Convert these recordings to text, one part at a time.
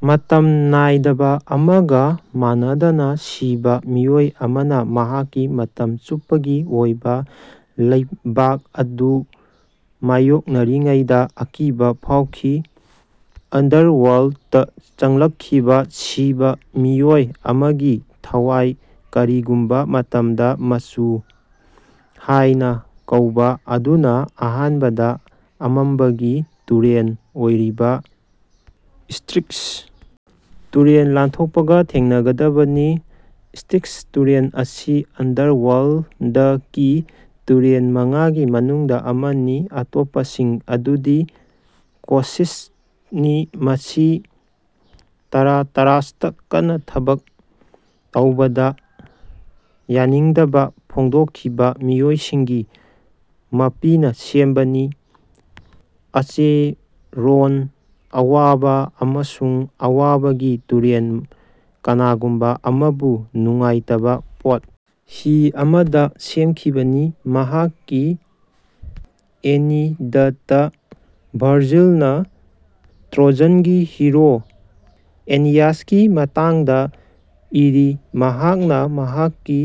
ꯃꯇꯝ ꯅꯥꯏꯗꯕ ꯑꯃꯒ ꯃꯥꯟꯅꯗꯅ ꯁꯤꯕ ꯃꯤꯑꯣꯏ ꯑꯃꯅ ꯃꯍꯥꯛꯀꯤ ꯃꯇꯝ ꯆꯨꯞꯄꯒꯤ ꯑꯣꯏꯕ ꯂꯥꯏꯕꯛ ꯑꯗꯨ ꯃꯥꯌꯣꯛꯅꯔꯤꯉꯩꯗ ꯑꯀꯤꯕ ꯐꯥꯎꯈꯤ꯫ ꯑꯟꯗꯔꯋꯥꯔꯜ꯭ꯗꯇ ꯆꯪꯂꯛꯈꯤꯕ ꯁꯤꯕ ꯃꯤꯑꯣꯏ ꯑꯃꯒꯤ ꯊꯋꯥꯏ ꯀꯔꯤꯒꯨꯝꯕ ꯃꯇꯝꯗ ꯃꯆꯨ ꯍꯥꯏꯅ ꯀꯧꯕ ꯑꯗꯨꯅ ꯑꯍꯥꯟꯕꯗ ꯑꯃꯝꯕꯒꯤ ꯇꯨꯔꯦꯜ ꯑꯣꯏꯔꯤꯕ ꯁ꯭ꯇꯤꯛꯁ ꯇꯨꯔꯦꯜ ꯂꯥꯟꯊꯣꯛꯄꯒ ꯊꯦꯡꯅꯒꯗꯕꯅꯤ꯫ ꯁ꯭ꯇꯤꯛꯁ ꯇꯨꯔꯦꯜ ꯑꯁꯤ ꯑꯟꯗꯔꯋꯥꯔꯜꯗꯀꯤ ꯇꯨꯔꯦꯜ ꯃꯉꯥꯒꯤ ꯃꯅꯨꯡꯗ ꯑꯃꯅꯤ ꯑꯇꯣꯞꯄꯁꯤꯡ ꯑꯗꯨꯗꯤ ꯀꯣꯁꯤꯇꯁꯅꯤ ꯃꯁꯤ ꯇꯥꯔꯇꯥꯔꯁꯇ ꯀꯟꯅ ꯊꯕꯛ ꯇꯧꯕꯗ ꯌꯥꯅꯤꯡꯗꯕ ꯐꯣꯡꯗꯣꯛꯈꯤꯕ ꯃꯤꯑꯣꯏꯁꯤꯡꯒꯤ ꯃꯄꯤꯅ ꯁꯦꯝꯕꯅꯤ ꯑꯆꯦꯔꯣꯟ ꯑꯋꯥꯕ ꯑꯃꯁꯨꯡ ꯑꯋꯥꯕꯒꯤ ꯇꯨꯔꯦꯜ ꯀꯅꯥꯒꯨꯝꯕ ꯑꯃꯕꯨ ꯅꯨꯡꯉꯥꯏꯇꯕ ꯄꯣꯠ ꯍꯤ ꯑꯃꯗ ꯁꯦꯝꯈꯤꯕꯅꯤ꯫ ꯃꯍꯥꯛꯀꯤ ꯑꯦꯅꯤꯗꯇ ꯚꯔꯖꯤꯜꯅ ꯇ꯭ꯔꯣꯖꯟꯒꯤ ꯍꯤꯔꯣ ꯑꯦꯅꯤꯌꯥꯁꯀꯤ ꯃꯇꯥꯡꯗ ꯏꯔꯤ ꯃꯍꯥꯛꯅ ꯃꯍꯥꯛꯀꯤ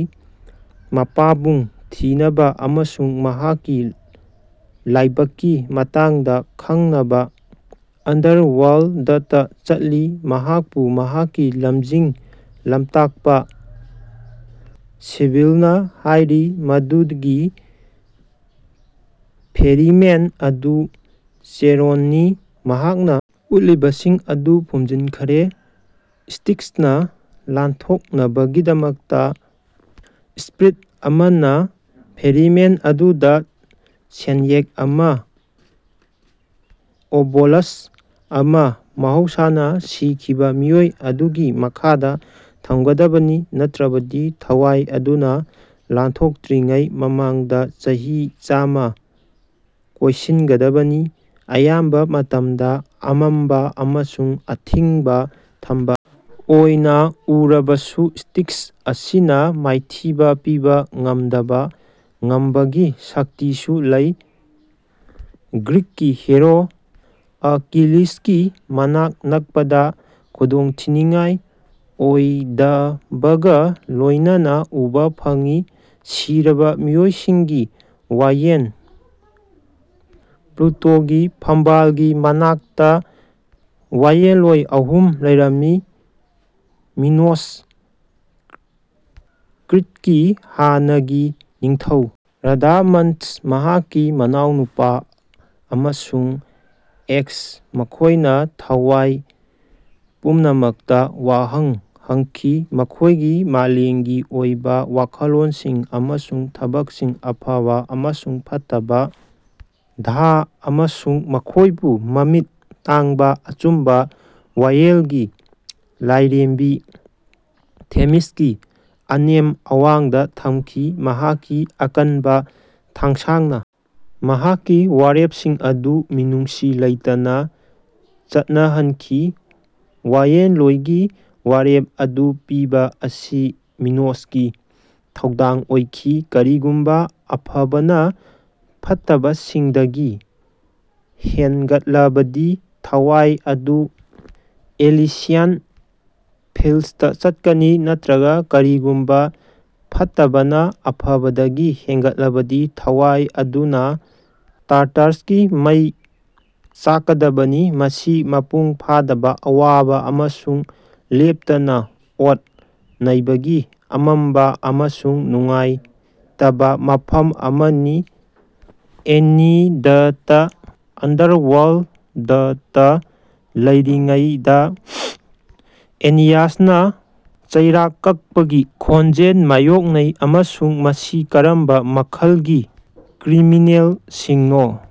ꯃꯄꯥꯕꯨꯡ ꯊꯤꯅꯕ ꯑꯃꯁꯨꯡ ꯃꯍꯥꯛꯀꯤ ꯂꯥꯏꯕꯛꯀꯤ ꯃꯇꯥꯡꯗ ꯈꯪꯅꯕ ꯑꯟꯗꯔꯋꯥꯔꯜꯗꯇ ꯆꯠꯂꯤ꯫ ꯃꯍꯥꯛꯄꯨ ꯃꯍꯥꯛꯀꯤ ꯂꯝꯖꯤꯡ ꯂꯝꯇꯥꯛꯄ ꯁꯤꯕꯤꯜꯅ ꯍꯥꯏꯔꯤ ꯃꯗꯨꯒꯤ ꯐꯦꯔꯤꯃꯦꯟ ꯑꯗꯨ ꯆꯦꯔꯣꯟꯅꯤ ꯃꯍꯥꯛꯅ ꯎꯠꯂꯤꯕꯁꯤꯡ ꯑꯗꯨ ꯐꯨꯝꯖꯤꯟꯈ꯭ꯔꯦ꯫ ꯁ꯭ꯇꯤꯛꯁ ꯂꯥꯟꯊꯣꯛꯅꯕꯒꯤꯗꯃꯛꯇ ꯁ꯭ꯄꯤꯔꯤꯠ ꯑꯃꯅ ꯐꯦꯔꯤꯃꯦꯟ ꯑꯗꯨꯗ ꯁꯦꯟꯌꯦꯛ ꯑꯃ ꯑꯣꯕꯣꯂꯁ ꯑꯃ ꯃꯍꯧꯁꯥꯅ ꯁꯤꯈꯤꯕ ꯃꯤꯑꯣꯏ ꯑꯗꯨꯒꯤ ꯃꯈꯥꯗ ꯊꯝꯒꯗꯕꯅꯤ꯫ ꯅꯠꯇ꯭ꯔꯕꯗꯤ ꯊꯋꯥꯏ ꯑꯗꯨꯅ ꯂꯥꯟꯊꯣꯛꯇ꯭ꯔꯤꯉꯩ ꯃꯃꯥꯡꯗ ꯆꯍꯤ ꯆꯥꯝꯃ ꯀꯣꯏꯁꯤꯟꯒꯗꯕꯅꯤ꯫ ꯑꯌꯥꯝꯕ ꯃꯇꯝꯗ ꯑꯃꯝꯕ ꯑꯃꯁꯨꯡ ꯑꯊꯤꯡꯕ ꯊꯝꯕ ꯑꯣꯏꯅ ꯎꯔꯕꯁꯨ ꯁ꯭ꯇꯤꯛꯁ ꯑꯁꯤꯅ ꯃꯥꯏꯊꯤꯕ ꯄꯤꯕ ꯉꯝꯗꯕ ꯉꯝꯕꯒꯤ ꯁꯛꯇꯤꯁꯨ ꯂꯩ ꯒ꯭ꯔꯤꯛꯀꯤ ꯍꯤꯔꯣ ꯑꯀꯤꯂꯤꯁꯀꯤ ꯃꯅꯥꯛ ꯅꯛꯄꯗ ꯈꯨꯗꯣꯡꯊꯤꯅꯤꯡꯉꯥꯏ ꯑꯣꯏꯗꯕꯒ ꯂꯣꯏꯅꯅ ꯎꯕ ꯐꯪꯉꯤ꯫ ꯁꯤꯔꯕ ꯃꯤꯑꯣꯏꯁꯤꯡꯒꯤ ꯋꯥꯌꯦꯜ ꯄ꯭ꯂꯨꯇꯣꯒꯤ ꯐꯝꯕꯥꯜꯒꯤ ꯃꯅꯥꯛꯇ ꯋꯥꯌꯦꯜꯂꯣꯏ ꯑꯍꯨꯝ ꯂꯩꯔꯝꯃꯤ ꯃꯤꯅꯣꯁ ꯀ꯭ꯔꯤꯠꯀꯤ ꯍꯥꯟꯅꯒꯤ ꯅꯤꯡꯊꯧ ꯔꯥꯗꯥꯃꯥꯟꯊꯁ ꯃꯍꯥꯛꯀꯤ ꯃꯅꯥꯎꯅꯨꯄꯥ ꯑꯃꯁꯨꯡ ꯑꯦꯀꯁ ꯃꯈꯣꯏꯅ ꯊꯋꯥꯏ ꯄꯨꯝꯅꯃꯛꯇ ꯋꯥꯍꯪ ꯍꯪꯈꯤ ꯃꯈꯣꯏꯒꯤ ꯃꯥꯂꯦꯝꯒꯤ ꯑꯣꯏꯕ ꯋꯥꯈꯜꯂꯣꯟꯁꯤꯡ ꯑꯃꯁꯨꯡ ꯊꯕꯛꯁꯤꯡ ꯑꯐꯕ ꯑꯃꯁꯨꯡ ꯐꯠꯇꯕ, ꯘ ꯑꯃꯁꯨꯡ ꯃꯈꯣꯏꯕꯨ ꯃꯃꯤꯠ ꯇꯥꯡꯕ ꯑꯆꯨꯝꯕ ꯋꯥꯌꯦꯜꯒꯤ ꯂꯥꯏꯔꯦꯝꯕꯤ ꯊꯦꯃꯤꯁꯀꯤ ꯑꯅꯦꯝ ꯑꯋꯥꯡꯗ ꯊꯝꯈꯤ ꯃꯍꯥꯛꯀꯤ ꯑꯀꯟꯕ ꯊꯥꯡꯁꯥꯡꯅ ꯃꯍꯥꯛꯀꯤ ꯋꯥꯔꯦꯞꯁꯤꯡ ꯑꯗꯨ ꯃꯤꯅꯨꯡꯁꯤ ꯂꯩꯇꯅ ꯆꯠꯅꯍꯟꯈꯤ꯫ ꯋꯥꯌꯦꯜꯂꯣꯏꯒꯤ ꯋꯥꯔꯦꯞ ꯑꯗꯨ ꯄꯤꯕ ꯑꯁꯤ ꯃꯤꯅꯣꯁꯀꯤ ꯊꯧꯗꯥꯡ ꯑꯣꯏꯈꯤ꯫ ꯀꯔꯤꯒꯨꯝꯕ ꯑꯐꯕꯅ ꯐꯠꯇꯕꯁꯤꯡꯗꯒꯤ ꯍꯦꯟꯒꯠꯂꯕꯗꯤ ꯊꯋꯥꯏ ꯑꯗꯨ ꯑꯦꯂꯤꯁꯤꯌꯟ ꯐꯤꯜꯗꯁꯇ ꯆꯠꯀꯅꯤ ꯅꯠꯇ꯭ꯔꯒ ꯀꯔꯤꯒꯨꯝꯕ ꯐꯠꯇꯕꯅ ꯑꯐꯕꯗꯒꯤ ꯍꯦꯟꯒꯠꯂꯕꯗꯤ ꯊꯋꯥꯏ ꯑꯗꯨꯅ ꯇꯥꯔꯇꯥꯔꯁꯀꯤ ꯃꯩ ꯆꯥꯛꯀꯗꯕꯅꯤ ꯃꯁꯤ ꯃꯄꯨꯡ ꯐꯥꯗꯕ ꯑꯋꯥꯕ ꯑꯃꯁꯨꯡ ꯂꯦꯞꯇꯅ ꯑꯣꯠ ꯅꯩꯕꯒꯤ ꯑꯃꯝꯕ ꯑꯃꯁꯨꯡ ꯅꯨꯡꯉꯥꯏꯇꯕ ꯃꯐꯝ ꯑꯃꯅꯤ꯫ ꯑꯦꯅꯤꯗꯇ ꯑꯟꯗꯔꯋꯥꯔꯜꯗꯇ ꯂꯩꯔꯤꯉꯩꯗ ꯑꯦꯅꯤꯌꯥꯁꯅ ꯆꯩꯔꯥꯛ ꯀꯥꯞꯄꯒꯤ ꯈꯣꯟꯖꯦꯜ ꯃꯥꯌꯣꯛꯅꯩ ꯑꯃꯁꯨꯡ ꯃꯁꯤ ꯀꯔꯝꯕ ꯃꯈꯜꯒꯤ ꯀ꯭ꯔꯤꯃꯤꯅꯦꯜꯁꯤꯡꯅꯣ?